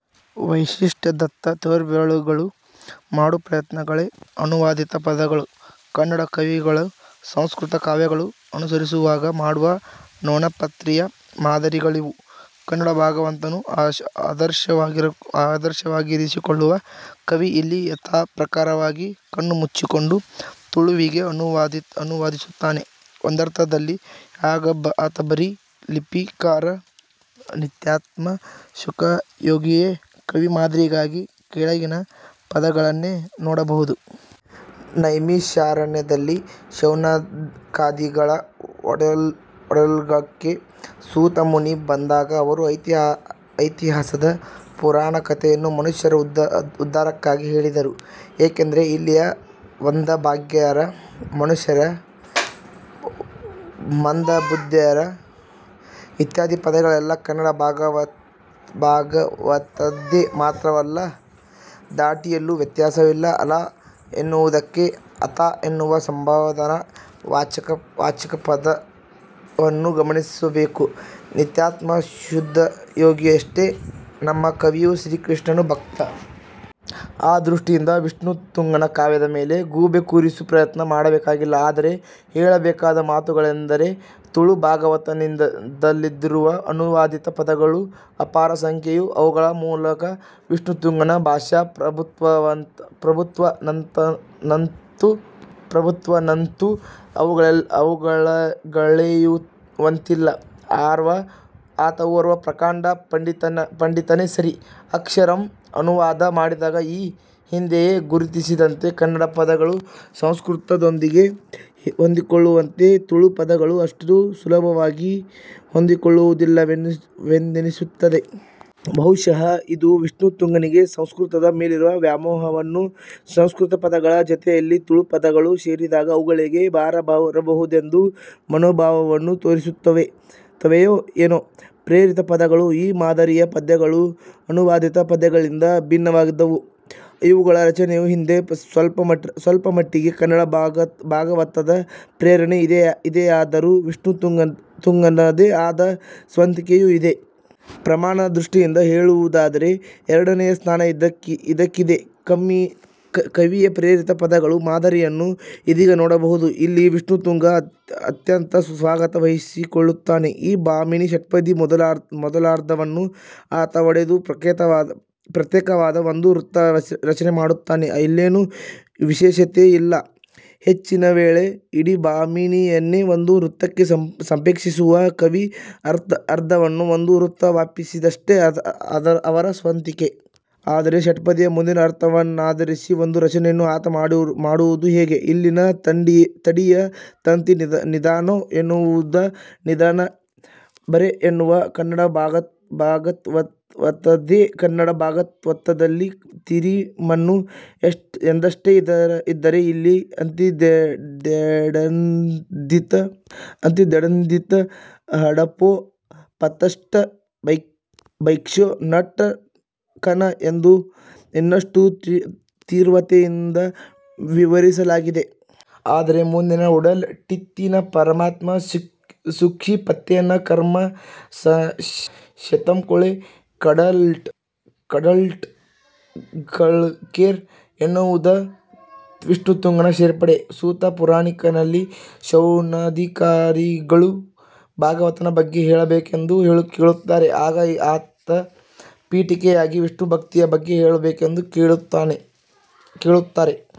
ವೈಶಿಷ್ಟ್ಯದತ್ತ ತೋರ್ಬೆರಳು ಮಾಡು ಪ್ರಯತ್ನಗಳೇ. ಅನುವಾದಿತ ಪದ್ಯಗಳು ಕನ್ನಡ ಕವಿಗಳು ಸಂಸ್ಕೃತ ಕಾವ್ಯಗಳನ್ನು ಅನುಸರಿಸುವಾಗ ಮಾಡುವ 'ನೊಣಪ್ರತಿಯ' ಮಾದಿರಗಳಿವು. ಕನ್ನಡ ಭಾಗವತವನ್ನು ಆದರ್ಶವಾಗಿರಿಸಿಕೊಳ್ಳುವ ಕವಿ ಇಲ್ಲಿ ಯಥಾಪ್ರಕಾರವಾಗಿ ಕಣ್ಣು ಮುಚ್ಚಿಕೊಂಡು ತುಳುವಿಗೆ ಅನುವಾದಿಸುತ್ತಾನೆ. ಒಂದರ್ಥದಲ್ಲಿ ಆಗ ಆತ ಬರಿಯ 'ಲಿಪಿಕಾರ' 'ನಿತ್ಯಾತ್ಮ ಶುಕಯೋಗಿಯೇ' ಕವಿ ಮಾದರಿಗಾಗಿ ಕೆಳಗಿನ ಪದ್ಯಗಳನ್ನೇ ನೋಡಬಹುದು. ನೈಮಿಷಾರಣ್ಯದಲ್ಲಿ ಶೌನಕಾದಿಗಳ ಒಡ್ಡೋಲಗಕ್ಕೆ ಸೂತ ಮುನಿ ಬಂದಾಗ ಅವರು ಇತಿಹಾಸದ ಪುರಾಣ ಕಥೆಯನ್ನು ಮನುಷ್ಯರ ಉದ್ದಾರಕ್ಕಾಗಿ ಹೇಳಿದರು ಏಕೆಂದರೆ ಇಲ್ಲಿಯ 'ಮಂದಭಾಗ್ಯೆರ್' ಮನುಷ್ಯೆರ್ ಮಂದಬುದ್ಧೆರ್ ಇತ್ಯಾದಿ ಪದಗಳೆಲ್ಲ ಕನ್ನಡ ಭಾಗವತದ್ದೇ. ಮಾತ್ರವಲ್ಲ. ಧಾಟಿಯಲ್ಲೂ ವ್ಯತ್ಯಾಸವಿಲ್ಲ. 'ಅಲಾ' ಎನ್ನುವುದಕ್ಕೆ'ಅತಾ ಎನ್ನುವ ಸಂಭೋದನಾ ವಾಚಕಪದವನ್ನು ಗಮನಿಸಬೇಕು. ನಿತ್ಯಾತ್ಮ ಶುಕಯೋಗಿಯಷ್ಟೆ ನಮ್ಮ ಕವಿಯು ಶ್ರೀ ಕೃಷ್ಣನು ಭಕ್ತ. ಆ ದೃಷ್ಟಿಯಿಂದ ವಿಷ್ಣುತುಂಗನ ಕಾವ್ಯದ ಮೇಲೆ ಗೂಬೆ ಕೂರಿಸು ಪ್ರಯತ್ನ ಮಾಡಬೇಕಾಗಿಲ್ಲ. ಆದರೆ ಹೇಳಬೇಕಾದ ಮಾತುಗಳೆಂದರೆ ತುಳು ಭಾಗವತದಲ್ಲಿರುವ ಅನುವಾದಿತ ಪದ್ಯಗಳು ಅಪಾರ ಸಂಖ್ಯೆಯವು. ಅವುಗಳ ಮೂಲಕ ವಿಷ್ಣುತುಂಗನ ಭಾಷಾ ಪ್ರಭುತ್ವವನ್ನಂತೂ ಅಲ್ಲಗಳೆಯುವಂತಿಲ್ಲ. ಆತ ಓರ್ವ ಪ್ರಕಾಂಡ ಪಂಡಿತನೇ ಸರಿ. ಅಕ್ಷರಶಃ ಅನುವಾದ ಮಾಡಿದಾಗ ಈ ಹಿಂದೆಯೇ ಗುರುತಿಸಿದಂತೆ, ಕನ್ನಡ ಪದಗಳು ಸಂಸ್ಕೃತದೊಂದಿಗೆ ಹೊಂದಿಕೊಳ್ಳುವಂತೆ ತುಳು ಪದಗಳು ಅಷ್ಟು ಸುಲಭವಾಗಿ ಹೊಂದಿಕೊಳ್ಳುವುದಿಲ್ಲವೆಂದೆನಿಸುತ್ತದೆ. ಬಹುಶಃ ಇದು ವಿಷ್ಣು ತುಂಗನಿಗೆ ಸಂಸ್ಕೃತದ ಮೇಲಿರುವ ವ್ಯಾಮೋಹವನ್ನು ಸಂಸ್ಕೃತ ಪದಗಳ ಜತೆಯಲ್ಲಿ ತುಳು ಪದಗಳು ಸೇರಿದಾಗ ಅವುಗಳಿಗೆ ಭಾರ ಬರಬಹುದೆಂಬ ಮನೋಭಾವವನ್ನೂ ತೋರಿಸುತ್ತವೆಯೋ ಏನೋ. ಪ್ರೇರಿತ ಪದ್ಯಗಳು: ಈ ಮಾದಿರಿಯ ಪದ್ಯಗಳು ಅನುವಾದಿತ ಪದ್ಯಗಳಿಗಿಂತ ಭಿನ್ನವಾದವು. ಇವುಗಳ ರಚನೆಯ ಹಿಂದೆ ಸ್ವಲ್ಪಮಟ್ಟಿಗೆ ಕನ್ನಡ ಭಾಗವತದ ಪ್ರೇರಣೆ ಇದೆಯಾದರೂ ವಿಷ್ಣುತುಂಗನದೇ ಆದ ಸ್ವಂತಿಕೆಯೂ ಇದೆ. ಪ್ರಮಾಣದ ದೃಷ್ಟಿಯಿಂದ ಹೇಳುವುದಾದರೆ ಎರಡನೆಯ ಸ್ಥಾನ ಇದಕ್ಕಿದೆ. ಕವಿಯ ಪ್ರೇರಿತ ಪದ್ಯಗಳು ಮಾದರಿಯನ್ನು ಇದೀಗ ನೋಡಬಹುದು. ಇಲ್ಲಿ ವಿಷ್ಣುತುಂಗ ಅತ್ಯಂತ ಸ್ವಾತಂತ್ರ್ಯ ವಹಿಸಿಕೊಳ್ಳುತ್ತಾನೆ. ಈ ಭಾಮಿನೀ ಷಟ್ಪದಿಯ ಮೊದಲರ್ಧವನ್ನು ಆತ ಒಡೆದು ಪ್ರತ್ಯೇಕವಾದ ಒಂದು ವೃತ್ತರಚನೆ ಮಾಡುತ್ತಾನೆ. ಇಲ್ಲೇನು ವಿಶೇಷತೆಯಿಲ್ಲ. ಹೆಚ್ಚಿನ ವೇಳೆ ಇಡೀ ಭಾಮಿನಿಯನ್ನೇ ಒಂದು ವೃತ್ತಕ್ಕೆ ಸಂಕ್ಷೇಪಿಸುವ ಕವಿ, ಅರ್ಧವನ್ನು ಒಂದು ವೃತ್ತ ವ್ಯಾಪಿಸಿದಷ್ಟೇ ಅವರ ಸ್ವಂತಿಕೆ. ಆದರೆ ಷಟ್ಪದಿಯ ಮುಂದಿನ ಅರ್ಥವನ್ನಾಧರಿಸಿ ಒಂದು ರಚನೆಯನ್ನು ಆತ ಮಾಡುವುದು ಹೀಗೆ: ಇಲ್ಲಿನ ತಡಿಯ ತಂತಿ ನಿಧಾನೊ ಎನ್ನುವುದ ನಿಧನ ಬರೆ ಎನ್ನುವ ಕನ್ನಡ ಭಾಗವತದ್ದೇ. ಕನ್ನಡ ಭಾಗವತದಲ್ಲಿ ತಿರಿಮಣ್ಣು ಎಂದಷ್ಟೇ ಇದ್ದರೆ ಇಲ್ಲಿ ಅತಿದೆಂಡಿತ್ ಹಡಪೊ ಪತ್ತ್ ಸ್ಟ್ 'ಭೈಕ್ಷೊ ನಟ್ಟ್ ಕಣ' ಎಂದು ಇನ್ನಷ್ಟು ತೀವ್ರತೆಯಿಂದು ವಿವರಿಸಲಾಗಿದೆ. ಆದರೆ ಮುಂದಿನ 'ಉಡಲ್ ಟಿತ್ತಿನ ಪರಾತ್ಮ ಸೂಕ್ಷಿಪನೆತ್ತ್ ಕರ್ಮ ಶತಂಕುಳೇ ಕಡಲ್ಟಂಳ್ಗ್ ಕೆರ್' ಎನ್ನುವುದ ವಿಷ್ಣುತುಂಗನ ಸೇರ್ಪಡೆ. ಸೂತ ಪುರಾಣಿಕನಲ್ಲಿ ಶೌನಕಾದಿಗಳು ಭಾಗವತನ ಬಗ್ಗೆ ಹೇಳಬೇಕೆಂದು ಕೇಳುತ್ತಾರೆ. ಆಗ ಅತ ಪೀಠಿಕೆಯಾಗಿ ವಿಷ್ಣುಭಕ್ತಿಯ ಬಗ್ಗೆ ಹೇಳಬೇಕೆಂದು ಕೇಳುತ್ತಾರೆ.